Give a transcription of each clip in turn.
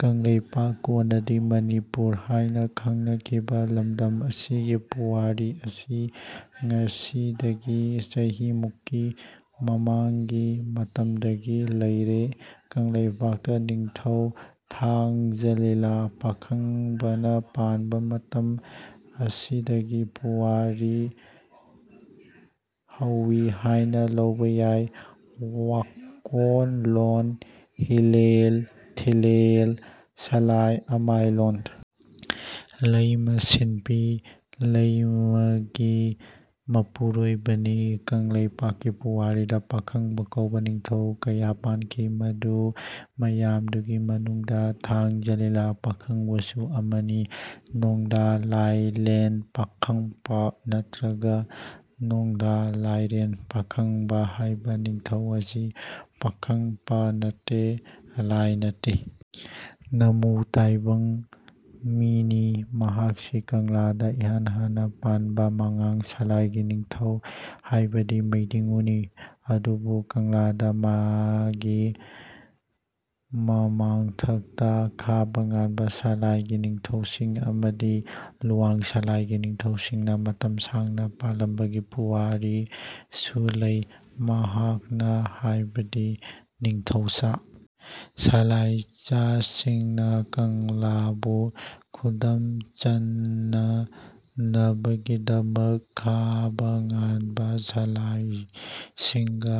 ꯀꯪꯂꯩꯄꯥꯛ (ꯀꯣꯟꯅꯗꯤ ꯃꯅꯤꯄꯨꯔ ꯍꯥꯢꯅ ꯈꯪꯅꯈꯤꯕ) ꯂꯝꯗꯝ ꯑꯁꯤꯒꯤ ꯄꯨꯋꯥꯂꯤ ꯑꯁꯤ ꯉꯁꯤꯗꯒꯤ ꯆꯍꯤ ꯃꯨꯛꯀꯤ ꯃꯃꯥꯡꯒꯤ ꯃꯇꯝꯗꯒꯤ ꯂꯩꯔꯦ꯫ ꯀꯪꯂꯩꯄꯥꯛꯇ ꯅꯤꯡꯊꯧ ꯇꯥꯡꯖ ꯂꯤꯂ ꯄꯥꯈꯪꯕꯅ ꯄꯥꯟꯕ ꯃꯇꯝ ꯑꯁꯤꯗꯒꯤ ꯄꯨꯋꯥꯔꯤ ꯍꯧꯏ ꯍꯥꯢꯅ ꯂꯧꯕ ꯌꯥꯢ꯫ ꯋꯥꯀꯣꯡꯂꯣꯟ ꯍꯤꯂꯦꯜ ꯊꯤꯂꯦꯜ ꯁꯂꯥꯏ ꯑꯃꯥꯏꯂꯣꯟ ꯂꯩꯃ ꯁꯤꯟꯄꯤ ꯂꯩꯃꯒꯤ ꯃꯄꯨꯔꯣꯢꯕꯅꯤ꯫ ꯀꯪꯂꯩꯄꯥꯛꯀꯤ ꯄꯨꯋꯥꯔꯤꯗ "ꯄꯥꯈꯪꯕ" ꯀꯧꯕ ꯅꯤꯡꯊꯧ ꯀꯌꯥ ꯄꯥꯟꯈꯤ, ꯃꯗꯨ ꯃꯌꯥꯝꯗꯨꯒꯤ ꯃꯅꯨꯡꯗ "ꯇꯥꯡꯖ ꯂꯤꯂ ꯄꯥꯈꯪꯕ" ꯁꯨ ꯑꯃꯅꯤ꯫ ꯅꯣꯡꯗꯥ ꯂꯥꯢꯂꯦꯟ ꯄꯥꯈꯪꯄ ꯅꯠꯇ꯭ꯔꯒ ꯅꯣꯡꯗꯥ ꯂꯥꯏꯔꯦꯟ ꯄꯥꯈꯪꯕ ꯍꯥꯏꯕ ꯅꯤꯡꯊꯧ ꯑꯁꯤ ꯄꯥꯈꯪꯄ ꯅꯠꯇꯦ, ꯂꯥꯏ ꯅꯠꯇꯦ, ꯅꯃꯨ ꯇꯥꯏꯕꯪ ꯃꯤꯅꯤ꯫ ꯃꯍꯥꯛꯁꯤ ꯀꯪꯂꯥꯗ ꯏꯍꯥꯟ ꯍꯥꯟꯅ ꯄꯥꯟꯕ ꯃꯉꯥꯡ ꯁꯂꯥꯏꯒꯤ ꯅꯤꯡꯊꯧ ꯍꯥꯏꯕꯗꯤ ꯃꯩꯗꯤꯡꯉꯨꯅꯤ꯫ ꯑꯗꯨꯕꯨ ꯀꯪꯂꯥꯗ ꯃꯥꯒꯤ ꯃꯃꯥꯡꯊꯛꯇ ꯈꯥꯕ ꯉꯥꯟꯕ ꯁꯂꯥꯏꯒꯤ ꯅꯤꯡꯊꯧꯁꯤꯡ ꯑꯃꯗꯤ ꯂꯨꯋꯥꯡ ꯁꯂꯥꯏꯒꯤ ꯅꯤꯡꯊꯧꯁꯤꯡꯅ ꯃꯇꯝ ꯁꯥꯡꯅ ꯄꯥꯜꯂꯝꯕꯒꯤ ꯄꯨꯋꯥꯔꯤꯁꯨ ꯂꯩ꯫ ꯃꯍꯥꯛꯅ ꯍꯥꯏꯕꯗꯤ ꯅꯤꯡꯊꯧꯆꯥ ꯁꯂꯥꯏꯆꯥꯁꯤꯡꯅ ꯀꯪꯂꯥꯕꯨ ꯈꯨꯗꯨꯝ ꯆꯟꯅꯅꯕꯒꯤꯗꯃꯛ ꯈꯥꯕ ꯉꯥꯟꯕ ꯁꯂꯥꯏꯆꯥꯁꯤꯡꯒ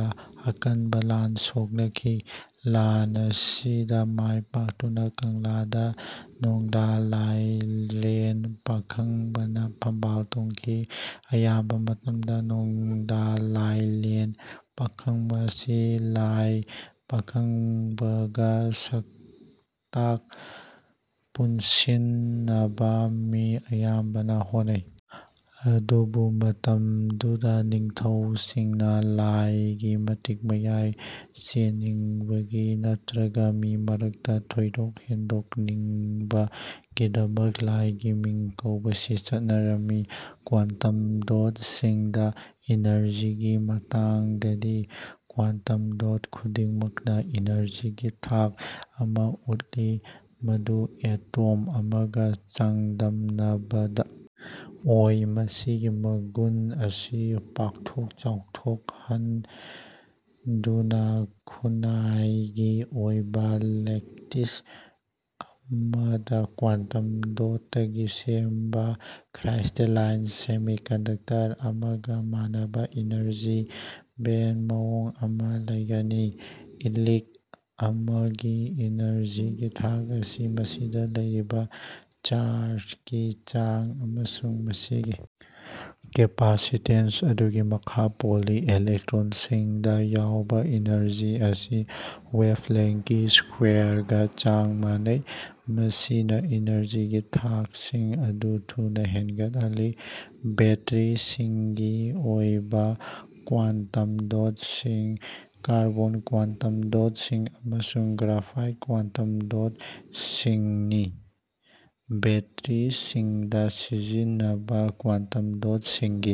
ꯑꯀꯟꯕ ꯂꯥꯟ ꯁꯣꯛꯅꯈꯤ꯫ ꯂꯥꯟ ꯑꯁꯤꯗ ꯃꯥꯏ ꯄꯥꯛꯇꯨꯅ ꯀꯪꯂꯥꯗ ꯅꯣꯡꯗꯥ ꯂꯥꯏꯔꯦꯜ ꯄꯥꯈꯪꯕꯅ ꯐꯝꯕꯥꯜ ꯇꯣꯡꯈꯤ꯫ ꯑꯌꯥꯝꯕ ꯃꯇꯝꯗ ꯅꯣꯡꯗꯥ ꯂꯥꯏꯂꯦꯜ ꯄꯥꯈꯪꯕ ꯑꯁꯤ ꯂꯥꯏ ꯄꯥꯈꯪꯕꯒ ꯁꯛꯇꯥꯛ ꯄꯨꯟꯁꯤꯟꯅꯕ ꯃꯤ ꯑꯌꯥꯝꯕꯅ ꯍꯣꯠꯅꯩ꯫ ꯑꯗꯨꯕꯨ ꯃꯇꯝꯗꯨꯗ ꯅꯤꯡꯊꯧꯁꯤꯡꯅ ꯂꯥꯏ ꯒꯤ ꯃꯇꯤꯛ ꯃꯌꯥꯏ ꯆꯦꯟꯅꯤꯡꯕꯒꯤ ꯅꯠꯇ꯭ꯔꯒ ꯃꯤ ꯃꯔꯛꯇ ꯊꯣꯏꯗꯣꯛ ꯍꯦꯟꯗꯣꯛꯅꯤꯡꯕꯒꯤꯗꯃꯛ ꯂꯥꯏꯒꯤ ꯃꯤꯡ ꯀꯧꯕꯁꯤ ꯆꯠꯅꯔꯝꯃꯤ꯫ ꯀ꯭ꯋꯥꯟꯇꯝ ꯗꯣꯠ ꯁꯤꯡꯗ ꯏꯅꯔꯖꯤꯒꯤ ꯃꯇꯥꯡꯗꯗꯤ, ꯀ꯭ꯋꯥꯟꯇꯝ ꯗꯣꯠ ꯈꯨꯗꯤꯡꯃꯛꯅ ꯏꯅꯔꯖꯤꯒꯤ ꯊꯥꯛ ꯑꯃ ꯎꯠꯂꯤ ꯃꯗꯨ ꯑꯦꯇꯝ ꯑꯃꯒ ꯆꯥꯡꯗꯝꯅꯕꯗ ꯑꯣꯏ꯫ ꯃꯁꯤꯒꯤ ꯃꯒꯨꯟ ꯑꯁꯤ ꯄꯥꯛꯊꯣꯛ ꯆꯥꯎꯊꯣꯛꯍꯟꯗꯨꯅ, ꯈꯨꯠꯅꯥꯏꯒꯤ ꯑꯣꯏꯕ ꯂꯦꯇꯤꯁ ꯑꯃꯗ (ꯀ꯭ꯋꯥꯟꯇꯝ ꯗꯣꯠꯇꯒꯤ ꯁꯦꯝꯕ) ꯀ꯭ꯔꯤꯁꯇꯂꯥꯏꯟ ꯁꯦꯃꯤꯀꯟꯗꯛꯇꯔ ꯑꯃꯒ ꯃꯥꯟꯅꯕ ꯏꯅꯔꯖꯤ ꯕꯦꯟ ꯃꯑꯣꯡ ꯑꯃ ꯂꯩꯒꯅꯤ꯫ ꯏꯂꯤꯛ ꯑꯃꯒꯤ ꯏꯅꯔꯖꯤꯒꯤ ꯊꯥꯛ ꯑꯁꯤ ꯃꯁꯤꯗ ꯂꯩꯔꯤꯕ ꯆꯥꯔꯖꯀꯤ ꯆꯥꯡ ꯑꯃꯁꯨꯡ ꯃꯁꯤꯒꯤ ꯀꯦꯄꯥꯁꯤꯇꯦꯟꯁ ꯑꯗꯨꯒꯤ ꯃꯈꯥ ꯄꯣꯜꯂꯤ꯫ ꯏꯂꯦꯛꯇ꯭ꯔꯣꯟꯁꯤꯡꯗ ꯌꯥꯎꯕ ꯏꯅꯔꯖꯤ ꯑꯁꯤ ꯋꯦꯚꯂꯦꯡ꯭ꯊꯀꯤ ꯁꯀ꯭ꯋꯥꯔꯒ ꯆꯥꯡ ꯃꯥꯟꯅꯩ꯫ ꯃꯁꯤꯅ ꯏꯅꯔꯖꯤꯒꯤ ꯊꯥꯛꯁꯤꯡ ꯑꯗꯨ ꯊꯨꯅ ꯍꯦꯟꯒꯠꯍꯜꯂꯤ ꯕꯦꯇ꯭ꯔꯤꯁꯤꯡꯒꯤ ꯑꯣꯏꯕ ꯀ꯭ꯋꯥꯟꯇꯝ ꯗꯣꯠꯁꯤꯡ ꯀꯥꯔꯕꯣꯟ ꯀ꯭ꯋꯥꯟꯇꯝ ꯗꯣꯠꯁꯤꯡ ꯑꯃꯁꯨꯡ ꯒ꯭ꯔꯥꯐꯥꯏꯠ ꯀ꯭ꯋꯥꯟꯇꯝ ꯗꯣꯠꯁꯤꯡꯅꯤ꯫ ꯕꯦꯇ꯭ꯔꯤꯁꯤꯡꯗ ꯁꯤꯖꯤꯟꯅꯕ ꯀ꯭ꯋꯥꯟꯇꯝ ꯗꯣꯠꯁꯤꯡꯒꯤ